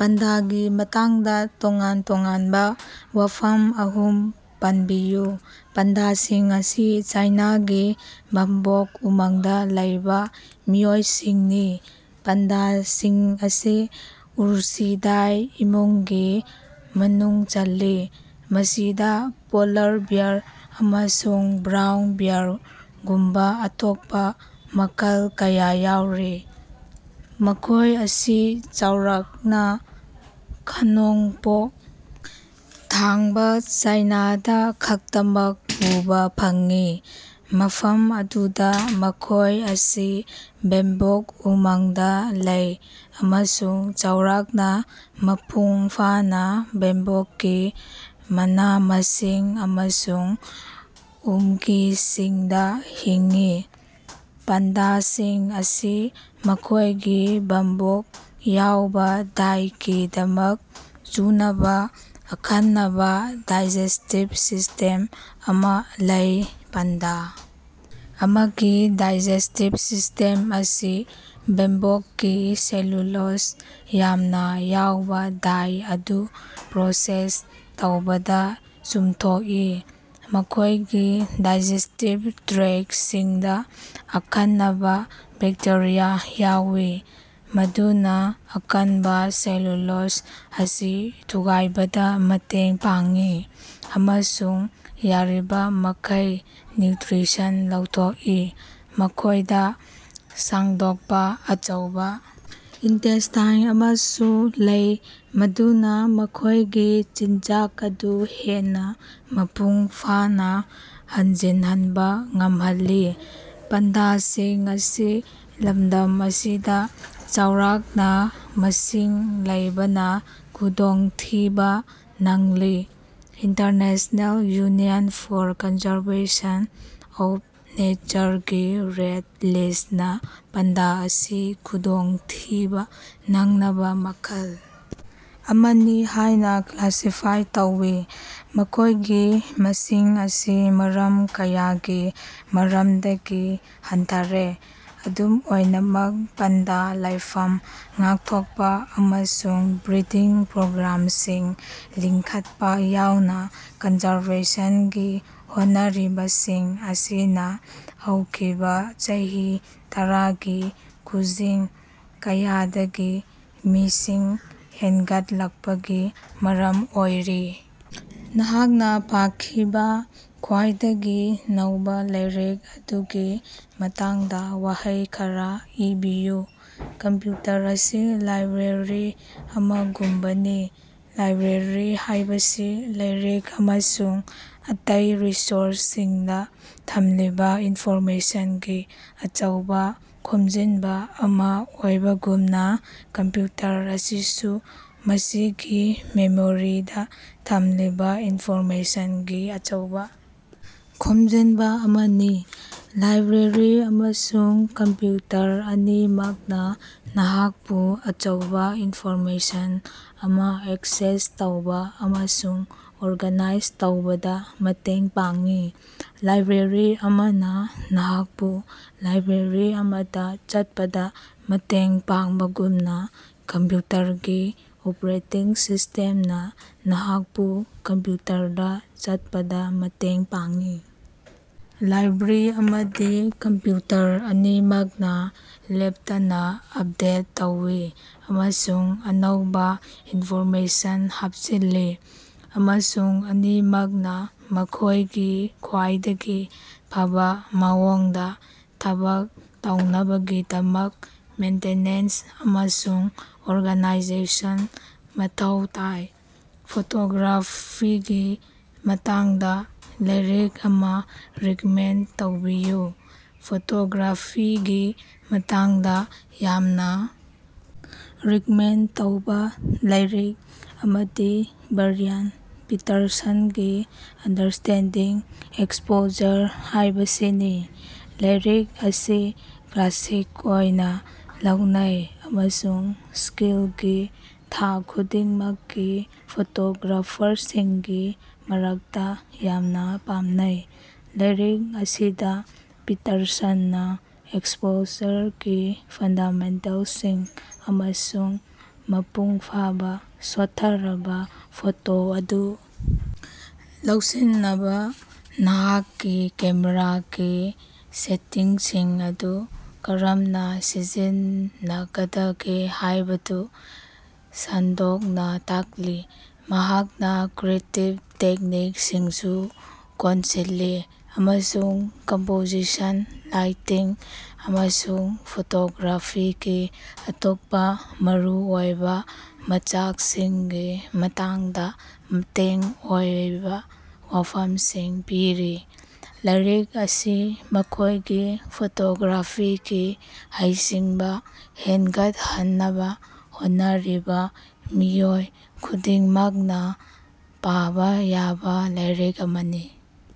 ꯄꯥꯟꯗꯥꯒꯤ ꯃꯇꯥꯡꯗꯥ ꯇꯣꯉꯥꯟ-ꯇꯣꯉꯥꯟꯕꯥ ꯋꯥꯐꯝ ꯑꯍꯨꯝ ꯄꯟꯕꯤꯌꯨ꯫ ꯄꯥꯟꯗꯥꯁꯤꯡ ꯑꯁꯤ ꯆꯥꯏꯅꯥꯒꯤ ꯕꯝꯕꯣꯛ ꯎꯃꯪꯗꯥ ꯂꯩꯕꯥ ꯃꯤꯑꯣꯏꯁꯤꯡꯅꯤ꯫ ꯄꯥꯟꯗꯥꯁꯤꯡ ꯑꯁꯤ ꯎꯔꯁꯤꯗꯥꯏ ꯏꯃꯨꯡꯒꯤ ꯃꯅꯨꯡ ꯆꯜꯂꯤ, ꯃꯁꯤꯗꯥ ꯄꯣꯂꯥꯔ ꯕꯦꯌꯥꯔ ꯑꯃꯁꯨꯡ ꯕ꯭ꯔꯥꯎꯟ ꯕꯦꯌꯔꯒꯨꯝꯕꯥ ꯑꯇꯣꯞꯄꯥ ꯃꯈꯜ ꯀꯌꯥ ꯌꯥꯎꯔꯤ꯫ ꯃꯈꯣꯏ ꯑꯁꯤ ꯆꯥꯎꯔꯥꯛꯅꯥ ꯈꯟ ꯅꯣꯡꯄꯣꯛ ꯊꯥꯡꯕꯥ ꯆꯥꯏꯅꯥꯗ ꯈꯛꯇꯃꯛ ꯎꯕꯥ ꯐꯪꯏ ꯃꯐꯝ ꯑꯗꯨꯗꯥ ꯃꯈꯣꯏ ꯑꯁꯤ ꯕꯦꯝꯕꯣꯛ ꯎꯃꯪꯗꯥ ꯂꯩ ꯑꯃꯁꯨꯡ ꯆꯥꯎꯔꯥꯛꯅꯥ ꯃꯄꯨꯡꯐꯥꯅꯥ ꯕꯦꯝꯕꯣꯛꯀꯤ ꯃꯅꯥ-ꯃꯁꯤꯡ ꯑꯃꯁꯨꯡ ꯎꯪꯒꯤꯁꯤꯡꯗꯥ ꯍꯤꯡꯏ꯫ ꯄꯥꯟꯗꯥꯁꯤꯡ ꯑꯁꯤ ꯃꯈꯣꯏꯒꯤ ꯕꯝꯕꯣꯛ ꯌꯥꯎꯕꯥ ꯗꯥꯏꯠꯀꯤꯗꯃꯛ ꯆꯨꯅꯕꯥ ꯑꯈꯟꯅꯕꯥ ꯗꯥꯏꯖꯦꯁꯇꯤꯞ ꯁꯤꯁꯇꯦꯝ ꯑꯃꯥ ꯂꯩ꯫ ꯄꯥꯟꯗꯥ ꯑꯃꯒꯤ ꯗꯥꯏꯖꯦꯁꯇꯤꯞ ꯁꯤꯁꯇꯦꯝ ꯑꯁꯤ ꯕꯦꯝꯕꯣꯛꯀꯤ ꯁꯦꯂꯨꯂꯣꯖ ꯌꯥꯝꯅꯥ ꯌꯥꯎꯕꯥ ꯗꯥꯏ ꯑꯗꯨ ꯄ꯭ꯔꯣꯁꯦꯁ ꯇꯧꯕꯗꯥ ꯆꯨꯝꯊꯣꯛꯏ꯫ ꯃꯈꯣꯏꯒꯤ ꯗꯥꯏꯖꯦꯁꯇꯤꯞ ꯇ꯭ꯔꯦꯛꯁꯤꯡꯗꯥ ꯑꯈꯟꯅꯕꯥ ꯕꯦꯛꯇꯦꯔꯤꯌꯥ ꯌꯥꯎꯏ ꯃꯗꯨꯅꯥ ꯑꯀꯟꯕꯥ ꯁꯦꯂꯨꯂꯣꯖ ꯑꯁꯤ ꯊꯨꯒꯥꯏꯕꯗꯥ ꯃꯇꯦꯡ ꯄꯥꯡꯏ ꯑꯃꯁꯨꯡ ꯌꯥꯔꯤꯕꯃꯈꯩ ꯅ꯭ꯌꯨꯇ꯭ꯔꯤꯁꯟ ꯂꯧꯊꯣꯛꯏ꯫ ꯃꯈꯣꯏꯗꯥ ꯁꯥꯡꯗꯣꯛꯄꯥ ꯑꯆꯧꯕꯥ ꯏꯟꯇꯦꯁꯇꯥꯏꯟ ꯑꯃꯁꯨ ꯂꯩ, ꯃꯗꯨꯅꯥ ꯃꯈꯣꯏꯒꯤ ꯆꯤꯟꯖꯥꯛ ꯑꯗꯨ ꯍꯦꯟꯅꯥ ꯃꯄꯨꯡꯐꯥꯅꯥ ꯍꯟꯖꯤꯟꯍꯟꯕꯥ ꯉꯝꯍꯜꯂꯤ꯫ ꯄꯥꯟꯗꯥꯁꯤꯡ ꯑꯁꯤ ꯂꯝꯗꯝ ꯑꯁꯤꯗꯥ ꯆꯥꯎꯔꯥꯛꯅꯥ ꯃꯁꯤꯡ ꯂꯩꯕꯅꯥ ꯈꯨꯗꯣꯡꯊꯤꯕꯥ ꯅꯪꯂꯤ꯫ International union for conservation of ꯅꯦꯆꯔꯒꯤ ꯔꯦꯠ ꯂꯤꯁꯅꯥ ꯄꯥꯟꯗꯥ ꯑꯁꯤ ꯈꯨꯗꯣꯡꯊꯤꯕꯥ ꯅꯪꯂꯕꯥ ꯃꯈꯜ ꯑꯃꯅꯤ ꯍꯥꯏꯅꯥ ꯀ꯭ꯂꯥꯁꯤꯐꯥꯏ ꯇꯧꯔꯤ, ꯃꯈꯣꯏꯒꯤ ꯃꯁꯤꯡ ꯑꯁꯤ ꯃꯔꯝ ꯀꯌꯥꯒꯤ ꯃꯔꯝꯗꯒꯤ ꯍꯟꯊꯔꯦ꯫ ꯑꯗꯨꯝ ꯑꯣꯏꯅꯃꯛ, ꯄꯥꯟꯗꯥ ꯂꯥꯏꯐꯝ ꯉꯥꯛꯊꯣꯛꯄꯥ ꯑꯃꯁꯨꯡ ꯕ꯭ꯔꯤꯗꯤꯡ ꯄ꯭ꯔꯣꯒ꯭ꯔꯥꯝꯁꯤꯡ ꯂꯤꯡꯈꯠꯄꯥ ꯌꯥꯎꯅꯥ ꯀꯟꯖꯔꯕꯦꯁꯟꯒꯤ ꯍꯣꯠꯅꯔꯤꯕꯁꯤꯡ ꯑꯁꯤꯅꯥ ꯍꯧꯈꯤꯕꯥ ꯆꯍꯤ ꯇꯔꯥꯒꯤ ꯈꯨꯖꯤꯡ ꯀꯌꯥꯗꯒꯤ ꯃꯤꯁꯤꯡ ꯍꯦꯟꯒꯠꯂꯛꯄꯒꯤ ꯃꯔꯝ ꯑꯣꯏꯔꯤ꯫ ꯅꯍꯥꯛꯅꯥ ꯄꯥꯈꯤꯕꯥ ꯈ꯭ꯋꯥꯏꯗꯒꯤ ꯅꯧꯕꯥ ꯂꯥꯏꯔꯤꯛ ꯑꯗꯨꯒꯤ ꯃꯇꯥꯡꯗꯥ ꯋꯥꯍꯩ ꯈꯔꯥ ꯏꯕꯤꯌꯨ꯫ ꯀꯝꯄ꯭ꯌꯨꯇꯔ ꯑꯁꯤ ꯂꯥꯏꯕ꯭ꯔꯦꯔꯤ ꯑꯃꯒꯨꯝꯕꯅꯤ꯫ ꯂꯥꯏꯕ꯭ꯔꯦꯔꯤ ꯍꯥꯏꯕꯁꯤ ꯂꯥꯏꯔꯤꯛ ꯑꯃꯁꯨꯡ ꯑꯇꯩ ꯔꯤꯁꯣꯔꯁꯁꯤꯡꯗꯥ ꯊꯝꯂꯤꯕꯥ ꯏꯟꯐꯣꯔꯃꯦꯁꯟꯒꯤ ꯑꯆꯧꯕꯥ ꯈꯣꯝꯖꯤꯟꯕꯥ ꯑꯃꯥ ꯑꯣꯏꯕꯒꯨꯝꯅꯥ, ꯀꯝꯄ꯭ꯌꯨꯇꯔ ꯑꯁꯤꯁꯨ ꯃꯁꯤꯒꯤ ꯃꯦꯃꯣꯔꯤꯗꯥ ꯊꯝꯂꯤꯕꯥ ꯏꯟꯐꯣꯔꯃꯦꯁꯟꯒꯤ ꯑꯆꯧꯕꯥ ꯈꯣꯝꯖꯤꯟꯕꯥ ꯑꯃꯅꯤ꯫ ꯂꯥꯏꯕ꯭ꯔꯦꯔꯤ ꯑꯃꯁꯨꯡ ꯀꯝꯄ꯭ꯌꯨꯇꯔ ꯑꯅꯤꯃꯛꯅꯥ ꯅꯍꯥꯛꯄꯨ ꯑꯆꯧꯕꯥ ꯏꯟꯐꯣꯔꯃꯦꯁꯟ ꯑꯃꯥ ꯑꯦꯛꯁꯦꯁ ꯇꯧꯕꯥ ꯑꯃꯁꯨꯡ ꯑꯣꯔꯒꯥꯅꯥꯏꯖ ꯇꯧꯕꯗꯥ ꯃꯇꯦꯡ ꯄꯥꯡꯏ꯫ ꯂꯥꯏꯕ꯭ꯔꯦꯔꯤ ꯑꯃꯅꯥ ꯅꯍꯥꯛꯄꯨ ꯂꯥꯏꯕ꯭ꯔꯦꯔꯤ ꯑꯃꯗꯥ ꯆꯠꯄꯗꯥ ꯃꯇꯦꯡ ꯄꯥꯡꯕꯒꯨꯝꯅꯥ, ꯀꯝꯄ꯭ꯌꯨꯇꯔꯒꯤ ꯑꯣꯄꯔꯦꯇꯤꯡ ꯁꯤꯁꯇꯦꯝꯅꯥ ꯅꯍꯥꯛꯄꯨ ꯀꯝꯄ꯭ꯌꯨꯇꯔꯗꯥ ꯆꯠꯄꯗꯥ ꯃꯇꯦꯡ ꯄꯥꯡꯏ꯫ ꯂꯥꯏꯕ꯭ꯔꯦꯔꯤ ꯑꯃꯗꯤ ꯀꯝꯄ꯭ꯌꯨꯇꯔ ꯑꯅꯤꯃꯛꯅꯥ ꯂꯦꯞꯇꯅꯥ ꯑꯞꯗꯦꯠ ꯇꯧꯔꯤ ꯑꯃꯁꯨꯡ ꯑꯅꯧꯕꯥ ꯏꯟꯐꯣꯔꯃꯦꯁꯟ ꯍꯥꯞꯆꯤꯜꯂꯤ ꯑꯃꯁꯨꯡ ꯑꯅꯤꯃꯛꯅꯥ ꯃꯈꯣꯏꯒꯤ ꯈ꯭ꯋꯥꯏꯗꯒꯤ ꯐꯕꯥ ꯃꯑꯣꯡꯗꯥ ꯊꯕꯛ ꯇꯧꯅꯕꯒꯤꯗꯃꯛ ꯃꯦꯟꯇꯦꯅꯦꯟꯁ ꯑꯃꯁꯨꯡ ꯑꯣꯔꯒꯥꯅꯥꯏꯖꯦꯁꯟ ꯃꯊꯧ ꯇꯥꯏ꯫ ꯐꯣꯇꯣꯒ꯭ꯔꯥꯐꯤꯒꯤ ꯃꯇꯥꯡꯗꯥ ꯂꯥꯏꯔꯤꯛ ꯑꯃꯥ ꯔꯤꯛꯃꯦꯟ ꯇꯧꯕꯤꯌꯨ꯫ ꯐꯣꯇꯣꯒ꯭ꯔꯥꯐꯤꯒꯤ ꯃꯇꯥꯡꯗꯥ ꯌꯥꯝꯅꯥ ꯔꯤꯛꯃꯦꯟ ꯇꯧꯕꯥ ꯂꯥꯏꯔꯤꯛ ꯑꯃꯗꯤ ꯕ꯭ꯔꯌꯥꯟ ꯄꯤꯇꯔꯁꯟꯒꯤ ꯑꯟꯗꯔꯁ꯭ꯇꯦꯟꯗꯤꯡ ꯑꯦꯛꯁꯄꯣꯖꯔ ꯍꯥꯏꯕꯁꯤꯅꯤ꯫ ꯂꯥꯏꯔꯤꯛ ꯑꯁꯤ ꯀ꯭ꯂꯥꯁꯤꯛ ꯑꯣꯏꯅꯥ ꯂꯧꯅꯩ ꯑꯃꯁꯨꯡ ꯁ꯭ꯀꯤꯜꯒꯤ ꯊꯥꯛ ꯈꯨꯗꯤꯡꯃꯛꯀꯤ ꯐꯣꯇꯣꯒ꯭ꯔꯥꯐꯔꯁꯤꯡꯒꯤ ꯃꯔꯛꯇꯥ ꯌꯥꯝꯅꯥ ꯄꯥꯝꯅꯩ꯫ ꯂꯥꯏꯔꯤꯛ ꯑꯁꯤꯗꯥ ꯄꯤꯇꯔꯁꯟꯅꯥ ꯑꯦꯛꯁꯄꯣꯖꯔꯒꯤ ꯐꯟꯗꯥꯃꯦꯟꯇꯦꯜꯁꯤꯡ ꯑꯃꯁꯨꯡ ꯃꯄꯨꯡ ꯐꯥꯕꯥ ꯁꯣꯠꯊꯔꯕꯥ ꯐꯣꯇꯣ ꯑꯗꯨ ꯂꯧꯁꯤꯟꯅꯕꯥ ꯅꯍꯥꯛꯀꯤ ꯀꯦꯃꯦꯔꯥꯒꯤ ꯁꯦꯇꯤꯡꯁꯤꯡ ꯑꯗꯨ ꯀꯔꯝꯅꯥ ꯁꯤꯖꯤꯟꯅꯒꯗꯒꯦ ꯍꯥꯏꯕꯗꯨ ꯁꯟꯗꯣꯛꯅꯥ ꯇꯥꯛꯂꯤ꯫ ꯃꯍꯥꯛꯅꯥ ꯀ꯭ꯔꯤꯌꯦꯇꯤꯞ ꯇꯦꯛꯅꯤꯛꯁꯤꯡꯁꯨ ꯀꯣꯟꯁꯤꯜꯂꯤ ꯑꯃꯁꯨꯡ ꯀꯝꯄꯣꯖꯤꯁꯟ, ꯂꯥꯏꯇꯤꯡ ꯑꯃꯁꯨꯡ ꯐꯣꯇꯣꯒ꯭ꯔꯥꯐꯤꯒꯤ ꯑꯇꯣꯞꯄꯥ ꯃꯔꯨꯑꯣꯏꯕꯥ ꯃꯆꯥꯛꯁꯤꯡꯒꯤ ꯃꯇꯥꯡꯗꯥ ꯃꯇꯦꯡ ꯑꯣꯏꯕꯥ ꯋꯥꯐꯝꯁꯤꯡ ꯄꯤꯔꯤ꯫ ꯂꯥꯏꯔꯤꯛ ꯑꯁꯤ ꯃꯈꯣꯏꯒꯤ ꯐꯣꯇꯣꯒ꯭ꯔꯥꯐꯤꯒꯤ ꯍꯩꯁꯤꯡꯕꯥ ꯍꯦꯟꯒꯠꯍꯟꯅꯕꯥ ꯍꯣꯠꯅꯔꯤꯕꯥ ꯃꯤꯑꯣꯏ ꯈꯨꯗꯤꯡꯃꯛꯅꯥ ꯄꯥꯕꯥ ꯌꯥꯕꯥ ꯂꯥꯏꯔꯤꯛ ꯑꯃꯅꯤ꯫